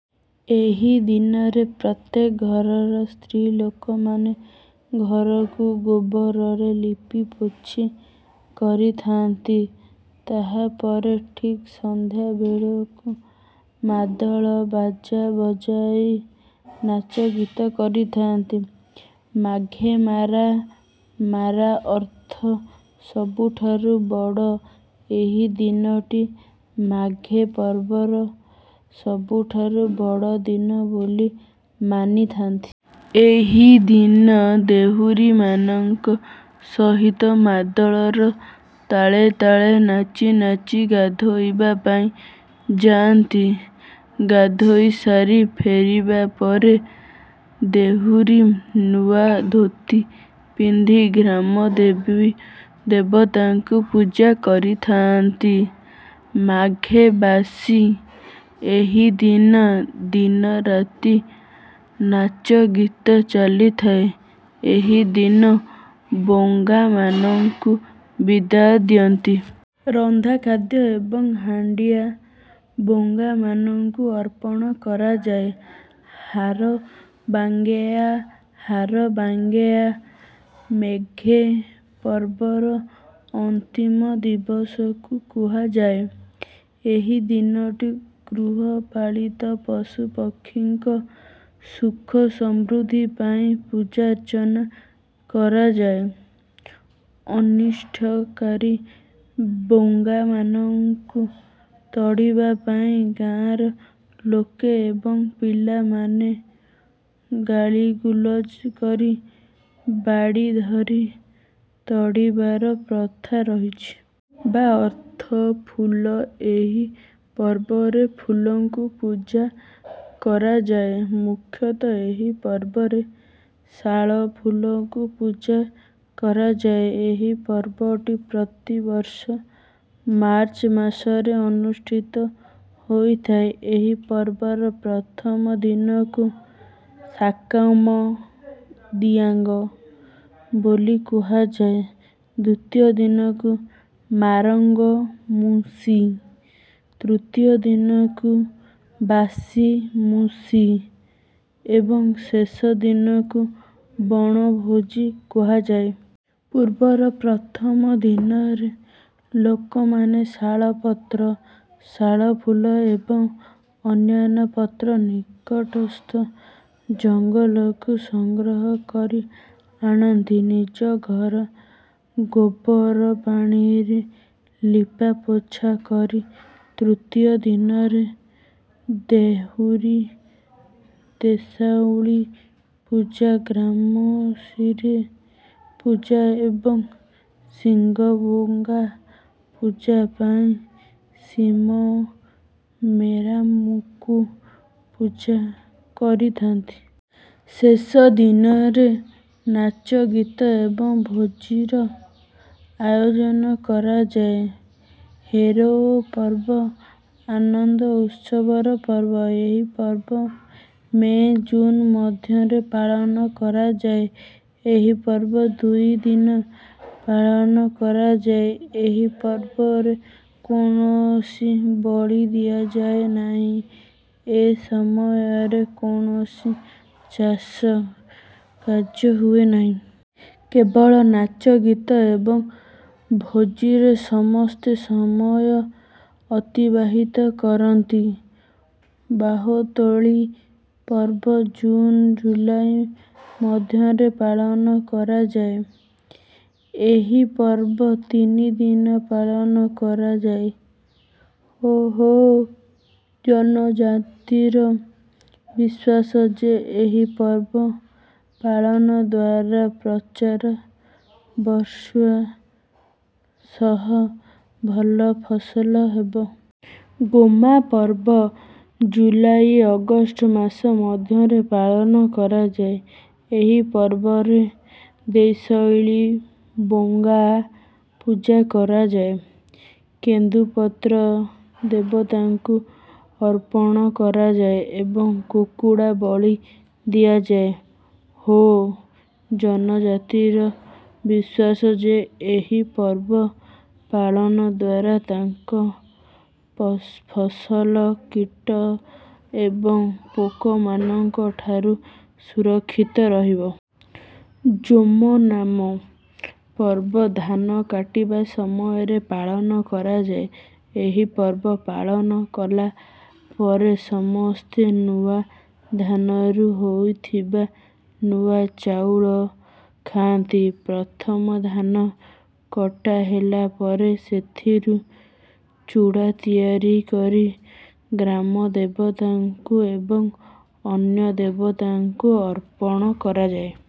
ଏହି ଦିନରେ ପ୍ରତ୍ୟେକ ଘରର ସ୍ତ୍ରୀଲୋକମାନେ ଘରକୁ ଗୋବରରେ ଲିପାପୋଛା କରିଥାନ୍ତି। ତାହା ପରେ ଠିକ ସନ୍ଧ୍ୟା ବେଳକୁ ମାଦଳ ବାଜା ବଜାଇ ନାଚଗୀତ କରିଥାନ୍ତି। ମାଘେ ମାରାଁ ମାରାଁ ଅର୍ଥ ସବୁଠାରୁ ବଡ଼। ଏହି ଦିନଟି ମାଘେ ପର୍ବର ସବୁଠାରୁ ବଡ଼ ଦିନ ବୋଲି ମାନିଥାନ୍ତି। ଏହି ଦିନ ଦେହୁରୀମାନଙ୍କ ସହିତ ମାଦଳର ତାଳେ ତାଳେ ନାଚି ନାଚି ଗାଧୋଇବା ପାଇଁ ଯାଆନ୍ତି। ଗାଧୋଇ ସାରି ଫେରିବା ପରେ ଦେହୁରୀ ନୂଆ ଧୋତି ପିନ୍ଧି ଗ୍ରାମଦେବତାଙ୍କ ପୂଜା କରିଥାନ୍ତି। ମାଘେ ବାସୀ ଏହି ଦିନ ଦିନରାତି ନାଚଗୀତ ଚାଲିଥାଏ। ଏହି ଦିନ ବୋଙ୍ଗାମାନଙ୍କୁ ବିଦାୟ ଦିଅନ୍ତି। ରନ୍ଧା ଖାଦ୍ୟ ଏବଂ ହାଣ୍ଡିଆ ବୋଙ୍ଗାମାନଙ୍କୁ ଅର୍ପଣ କରାଯାଏ। ହାରବାଗେୟା ହାରବାଗେୟା ମାଘେ ପର୍ବର ଅନ୍ତିମ ଦିବସକୁ କୁହାଯାଏ। ଏହି ଦିନଟି ଗୃହପାଳିତ ପଶୁପକ୍ଷୀମାନଙ୍କ ସୁଖ ସମୃଦ୍ଧି ପାଇଁ ପୂଜାର୍ଚ୍ଚନା କରାଯାଏ। ଅନିଷ୍ଟକାରୀ ବୋଙ୍ଗାମାନଙ୍କୁ ତଡ଼ିବା ପାଇଁ ଗାଁର ଲୋକ ଏବଂ ପିଲାମାନେ ଗାଳିଗୁଲଜ କରି ବାଡ଼ି ଧରି ତଡ଼ିବାର ପ୍ରଥା ରହିଛି। ବା ଅର୍ଥ ଫୁଲ। ଏହି ପର୍ବରେ ଫୁଲକୁ ପୂଜା କରାଯାଏ। ମୁଖ୍ୟତଃ ଏହି ପର୍ବରେ ଶାଳ ଫୁଲକୁ ପୂଜା କରାଯାଏ। ଏହି ପର୍ବଟି ପ୍ରତି ବର୍ଷ ମାର୍ଚ୍ଚ ମାସରେ ଅନୁଷ୍ଠିତ ହୋଇଥାଏ। ଏହି ପର୍ବର ପ୍ରଥମ ଦିନକୁ ସାକାମ ଦିଆଙ୍ଗ ବୋଲି କୁହାଯାଏ ଦ୍ୱିତୀୟ ଦିନକୁ ମାରଙ୍ଗ ମୁସି ତୃତୀୟ ଦିନକୁ ବାସି ମୁସି ଏବଂ ଶେଷ ଦିନକୁ ବଣଭୋଜି କୁହାଯାଏ। ପର୍ବର ପ୍ରଥମ ଦିନରେ ଲୋକମାନେ ଶାଳ ପତ୍ର ଶାଳ ଫୁଲ ଏବଂ ଅନ୍ୟାନ୍ୟ ପତ୍ର ନିକଟସ୍ଥ ଜଙ୍ଗଲକୁ ସଂଗ୍ରହ କରି ଆଣନ୍ତି ନିଜ ଘର ଗୋବର ପାଣିରେ ଲିପାପୋଛା କରି। ତୃତୀୟ ଦିନରେ ଦେହୁରୀ ଦେଶାଉଳୀ ପୂଜା ଗ୍ରାମସିରୀ ପୂଜା ଏବଂ ସିଙ୍ଗବୋଙ୍ଗା ପୂଜା ପାଇଁ ସିମ ମେରମଙ୍କୁ ପୂଜା କରିଥାନ୍ତି। ଶେଷ ଦିନରେ ନାଚଗୀତ ଏବଂ ଭୋଜିର ଆୟୋଜନ କରାଯାଏ। ହେରୋଓ ପର୍ବ ଆନନ୍ଦ ଉତ୍ସବର ପର୍ବ। ଏହି ପର୍ବ ମେ ଜୁନ ମଧ୍ୟରେ ପାଳନ କରାଯାଏ। ଏହି ପର୍ବ ଦୁଇ ଦିନ ପାଳନ କରାଯାଏ। ଏହି ପର୍ବରେ କୌଣସି ବଳି ଦିଆଯାଏ ନାହିଁ। ଏ ସମୟରେ କୌଣସି ଚାଷ କାର୍ଯ୍ୟ ହୁଏ ନାହିଁ। କେବଳ ନାଚଗୀତ ଏବଂ ଭୋଜିରେ ସମସ୍ତେ ସମୟ ଅତିବାହିତ କରନ୍ତି। ବାହାତୌଳି ପର୍ବ ଜୁନ ଜୁଲାଇ ମଧ୍ୟରେ ପାଳନ କରାଯାଏ। ଏହି ପର୍ବ ତିନି ଦିନ ପାଳନ କରାଯାଏ। ଓହୋ ଜନଜାତିର ବିଶ୍ୱାସ ଯେ ଏହି ପର୍ବ ପାଳନ ଦ୍ୱାରା ପ୍ରଚାର ବର୍ଷା ସହ ଭଲ ଫସଲ ହେବ। ଗୋମା ପର୍ବ ଜୁଲାଇ ଅଗଷ୍ଟ ମାସ ମଧ୍ୟରେ ପାଳନ କରାଯାଏ। ଏହି ପର୍ବରେ ଦେସୌଳୀ ବୋଙ୍ଗା ପୂଜା କରାଯାଏ। କେନ୍ଦୁ ପତ୍ର ଦେବତାଙ୍କୁ ଅର୍ପଣ କରାଯାଏ ଏବଂ କୁକୁଡ଼ା ବଳି ଦିଆଯାଏ। ହୋ ଜନଜାତିର ବିଶ୍ୱାସ ଯେ ଏହି ପର୍ବ ପାଳନ ଦ୍ୱାରା ତାଙ୍କ ପ ଫସଲ କୀଟ ଏବଂ ପୋକମାନଙ୍କ ଠାରୁ ସୁରକ୍ଷିତ ରହିବ। ଜୋମନାମା ପର୍ବ ଧାନ କାଟିବା ସମୟରେ ପାଳନ କରାଯାଏ। ଏହି ପର୍ବ ପାଳନ କଲା ପରେ ସମସ୍ତେ ନୂଆ ଧାନରୁ ହୋଇଥିବା ନୂଆ ଚାଉଳ ଖାଆନ୍ତି। ପ୍ରଥମ ଧାନ କଟା ହେଲା ପରେ ସେଥିରୁ ଚୂଡ଼ା ତିଆରି କରି ଗ୍ରାମଦେବତାଙ୍କୁ ଏବଂ ଅନ୍ୟ ଦେବଦେବୀଙ୍କୁ ଅର୍ପଣ କରାଯାଏ।